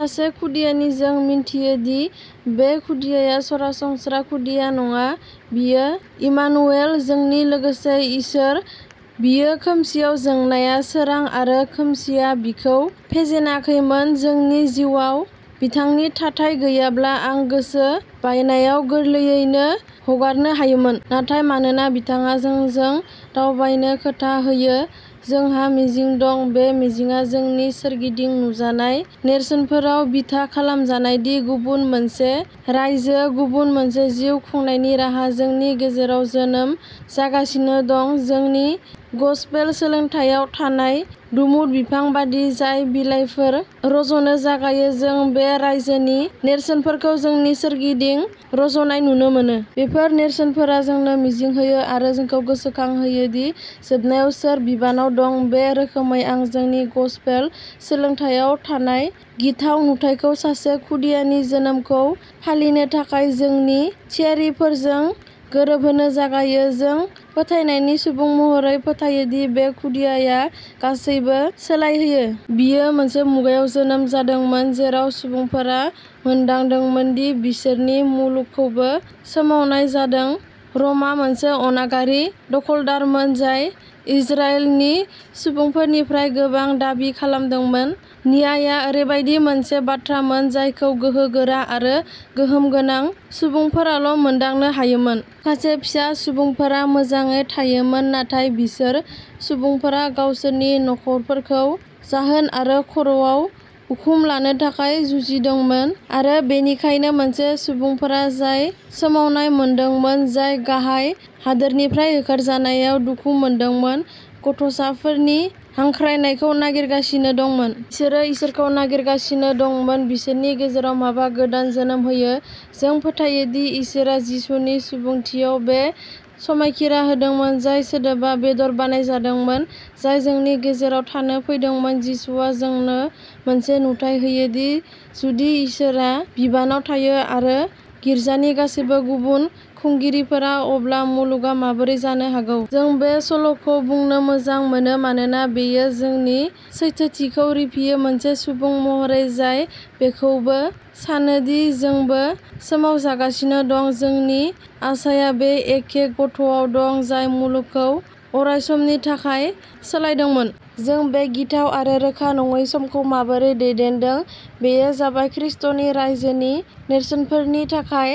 सासे खुदियानि जों मिथियो दि बे खुदियाया सरासनस्रा खुदिया नङा बियो इमानुएल, जोंनि लोगोसे इसोर। बियो खोमसिआव जोंनाय सोरां आरो खोमसिआ बिखौ फेजेनाखैमोन। जोंनि जिउआव बिथांनि थाथाय गैयाब्ला आं गोसो बायनायाव गोरलैयैनो हगारनो हायोमोन। नाथाय मानोना बिथाङा जोंजों दावबायनो खोथा होयो, जोंहा मिजिं दं। बे मिजिंआ जोंनि सोरगिदिं नुजानाय नेरसोनफोराव बिथा खालामजानाय दि गुबुन मोनसे रायजो, गुबुन मोनसे जिउ खांनायनि राहा, जोंनि गेजेराव जोनोम जागासिनो दं। जोंनि गसपेल सोलोंथायाव थानाय डुमुर बिफां बायदि जाय बिलाइफोर रज'नो जागायो, जों बे रायजोनि नेरसोनफोरखौ जोंनि सोरगिदिं रज'नाय नुनो मोनो। बेफोर नेरसोनफोरा जोंनो मिजिं होयो आरो जोंखौ गोसोखांहोयो दि जोबनायाव सोर बिबानआव दं। बे रोखोमै आं जोंनि गसपेल सोलोंथायाव थानाय गिथाव नुथायखौ सासे खुदियानि जोनोमखौ फालिनो थाखाय जोंनि थियारिफोरजों गोरोबहोनो जागायो। जों, फोथायनायनि सुबुं महरै, फोथायो दि बे खुदियाया गासैबो सोलायहोयो। बियो मोनसे मुगायाव जोनोम जादोंमोन जेराव सुबुंफोरा मोनदांदोंमोन दि बिसोरनि मुलुगखौबो सोमावनाय जादों। रमआ मोनसे अनागारि दखलदारमोन जाय इजराइलनि सुबुंफोरनिफ्राय गोबां दाबि खालामदोंमोन। न्यायआ ओरैबायदि मोनसे बाथ्रामोन जायखौ गोहो गोरा आरो गोहोम गोनां सुबुंफोराल' मोनदांनो हायोमोन। माखासे फिसा सुबुंफोरा मोजाङै थायोमोन, नाथाय बांसिन सुबुंफोरा गावसोरनि नखरफोरखौ जाहोनो आरो खर'आव उखुम लानो थाखाय जुजिदोंमोन। आरो बेनिखायनो, मोनसे सुबुंफोरा जाय सोमावनाय मोनदोंमोन, जाय गाहाय हादोरनिफ्राय होखारजानायाव दुखु मोनदोंमोन, गथ'साफोरनि हांख्रायनायखौ नागिरगासिनो दंमोन। बिसोरो इसोरखौ नागिरगासिनो दंमोन बिसोरनि गेजेराव माबा गोदान जोनोम होनो। जों फोथायोदि इसोरआ जिसुनि सुबुंथियाव बे समायखिरा होदोंमोन, जाय सोदोबा बेदर बानायदोंमोन, जाय जोंनि गेजेराव थानो फैदोंमोन। जिसुआ जोंनो मोनसे नुथाय होयो दि जुदि इसोरआ बिबानआव थायो आरो गिर्जानि गासैबो गुबुन खुंगिरिफोरा, अब्ला मुलुगआ माबोरै जानो हागौ। जों बे सल'खौ बुंनो मोजां मोनो मानोना बेयो जोंनि सैथोथिखौ रिफियो। मोनसे सुबुं महरै जाय बेखौबो सानो दि जों बो सोमावजागासिनो दं, जोंनि आसाया बे एखे गथ'आव दं जाय मुलुगखौ अरायसमनि थाखाय सोलायदोंमोन। जों बे गिथाव आरो रोखा नङै समखौ माबोरै दैदेनदों, बेयो जाबाय ख्रीष्टनि रायजोनि नेरसोनफोरनि थाखाय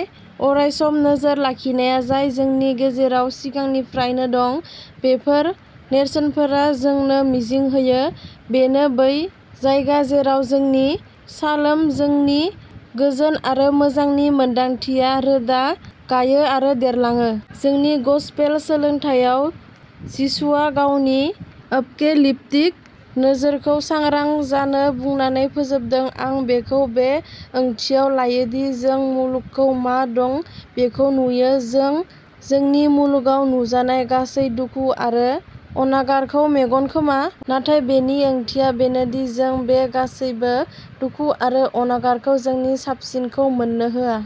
अरायसम नोजोर लाखिनाया जाय जोंनि गेजेराव सिगांनिफ्रायनो दं। बेफोर नेरसोनफोरा जोंनो मिजिं होयो। बेनो बै जायगा जेराव जोंनि शालोम, जोंनि गोजोन आरो मोजांनि मोनदांथिया रोदा गायो आरो देरलाङो। जोंनि गसपेल सोलोंथायाव, जिसुआ गावनि एपोकेलिप्टिक नोजोरखौ सांग्रां जानो बुंनानै फोजोबदों। आं बेखौ बे ओंथियाव लायो दि जों मुलुगखौ मा दं बेखौ नुयो। जों जोंनि मुलुगाव नुजानाय गासै दुखु आरो अनागारखौ मेगन खोमा। नाथाय बेनि ओंथियाबो बेनो दि जों बे गासैबो दुखु आरो अनागारखौ जोंनि साबसिनखौ मोननो होआ।